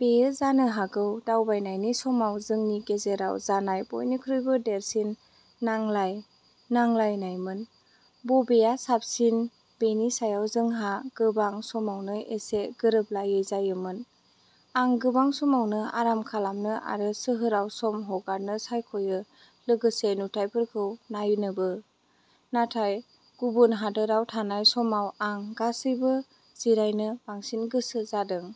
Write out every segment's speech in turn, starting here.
बेयो जानो हागौ दावबायनायनि समाव जोंनि गेजेराव जानाय बयनिख्रुइबो देरसिन नांलाय-नांलायनायमोन। बबेआ साबसिन बेनि सायाव जोंहा गोबां समावनो एसे गोरोबलायै जायोमोन। आं गोबां समावनो आराम खालामनो आरो सोहोराव सम हगारनो सायख'यो लोगोसे नुथायफोरखौ नायनोबो, नाथाय गुबुन हादोराव थानाय समाव आं गासैबो जिरायनो बांसिन गोसो जादों।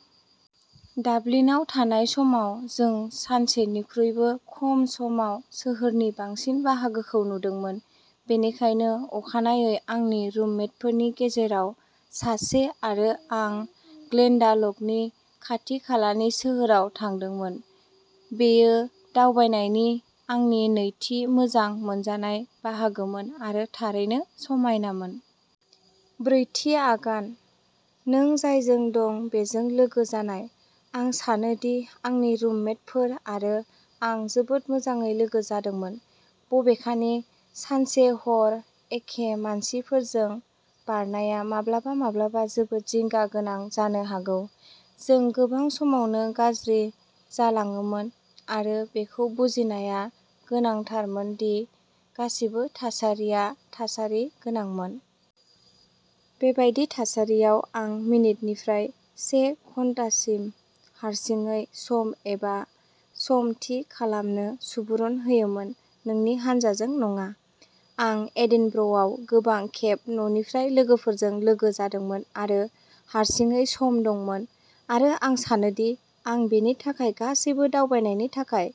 डाबलिनआव थानाय समाव, जों सानसेनिख्रुइबो खम समाव सोहोरनि बांसिन बाहागोखौ नुदोंमोन, बेनिखायनो अखानायै आंनि रुममेटफोरनि गेजेराव सासे आरो आं ग्लेनडाल'गनि खाथिखालानि सोहोराव थांदोंमोन। बेयो दावबायनायनि आंनि नैथि मोजां मोनजानाय बाहागोमोन आरो थारैनो समायनामोन। ब्रैथि आगानः नों जायजों दं बेजों लोगो जानाय। आं सानो दि आंनि रुममेटफोर आरो आं जोबोद मोजाङै लोगो जादोंमोन, बबेखानि, सानसे-हर एखे मानसिफोरजों बारनाया माब्लाबा-माब्लाबा जोबोद जिंगा गोनां जानो हागौ। जों गोबां समावनो गाज्रि जालाङोमोन आरो बेखौ बुजिनाया गोनांथारमोन दि गासिबो थासारिया थासारि गोनांमोन। बेबादि थासारियाव आं मिनिटनिफ्राय से घन्टासिम हारसिङै सम एबा सम थि खालामनो सुबुरुन होयोमोन, नोंनि हानजाजों नङा। आं एडिनब्र'आव गोबां खेब न'निफ्राय लोगोफोरजों लोगो जादोंमोन आरो हारसिङै सम दंमोन आरो आं सानोदि आं बेनि थाखाय गासैबो दावबायनायनि थाखाय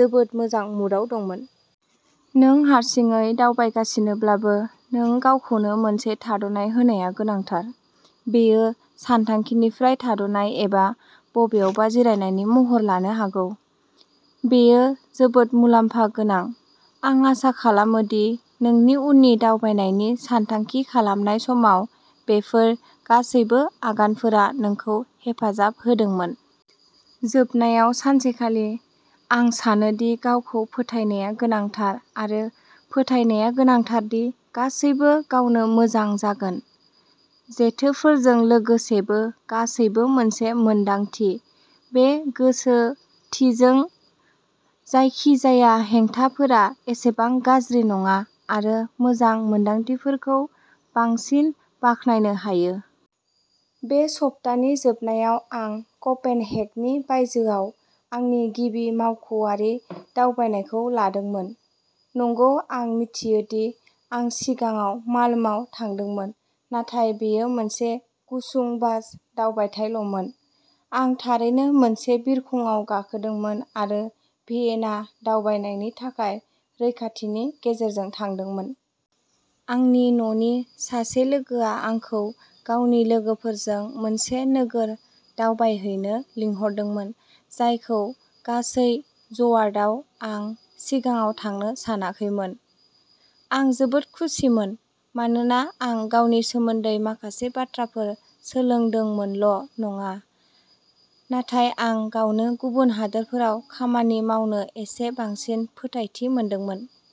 जोबोद मोजां मुडआव दंमोन। नों हारसिङै दावबायगासिनोब्लाबो नोंगावखौनो मोनसे थाद'नाय होनाया गोनांथार। बेयो सानथांखिनिफ्राय थाद'नाय एबा बबेयावबा जिरायनायनि महर लानो हागौ, बेयो जोबोद मुलाम्फा गोनां। आं आसा खालामो दि नोंनि उननि दावबायनायनि सानथांखि खालामनाय समाव बेफोर गासैबो आगानफोरा नोंखौ हेफाजाब होदोंमोन। जोबनायाव सानसेखालि, आं सानो दि गावखौ फोथायनाया गोनांथार आरो फोथायनाया गोनांथार दि गासैबो गावनो मोजां जागोन। जेथोफोरजों लोगोसेबो, गासैबो मोनसे मोन्दांथि, बे गोसोथिजों, जायखिजाया हेंथाफोरा एसेबां गाज्रि नङा आरो मोजां मोन्दांथिफोरखौ बांसिन बाख्नायनो हायो। बे सप्तानि जोबनायाव आं क'पेनहेगननि बायजोआव आंनि गिबि मावख'आरि दावबायनायखौ लादोंमोन। नंगौ, आं मिथियो दि आं सिगाङाव माल्म'आव थांदोंमोन, नाथाय बेयो मोनसे गुसुं बास दावबायथायल'मोन। आं थारैनो मोनसे बिरखंआव गाखोदोंमोन आरो भियेना दावबायनायनि थाखाय रैखाथिनि गेजेरजों थांदोंमोन। आंनि न'नि सासे लोगोआ आंखौ गावनि लोगोफोरजों मोनसे नोगोर दावबायहैनो लिंहरदोंमोन, जायखौ गासै ज'आर्टआव आं सिगाङाव थांनो सानाखैमोन। आं जोबोद खुसिमोन, मानोना आं गावनि सोमोन्दै माखासे बाथ्राफोर सोलोंदोंमोनल'नङा, नाथाय आं गावनो गुबुन हादोरफोराव खामानि मावनो एसे बांसिन फोथायथि मोनदोंमोन।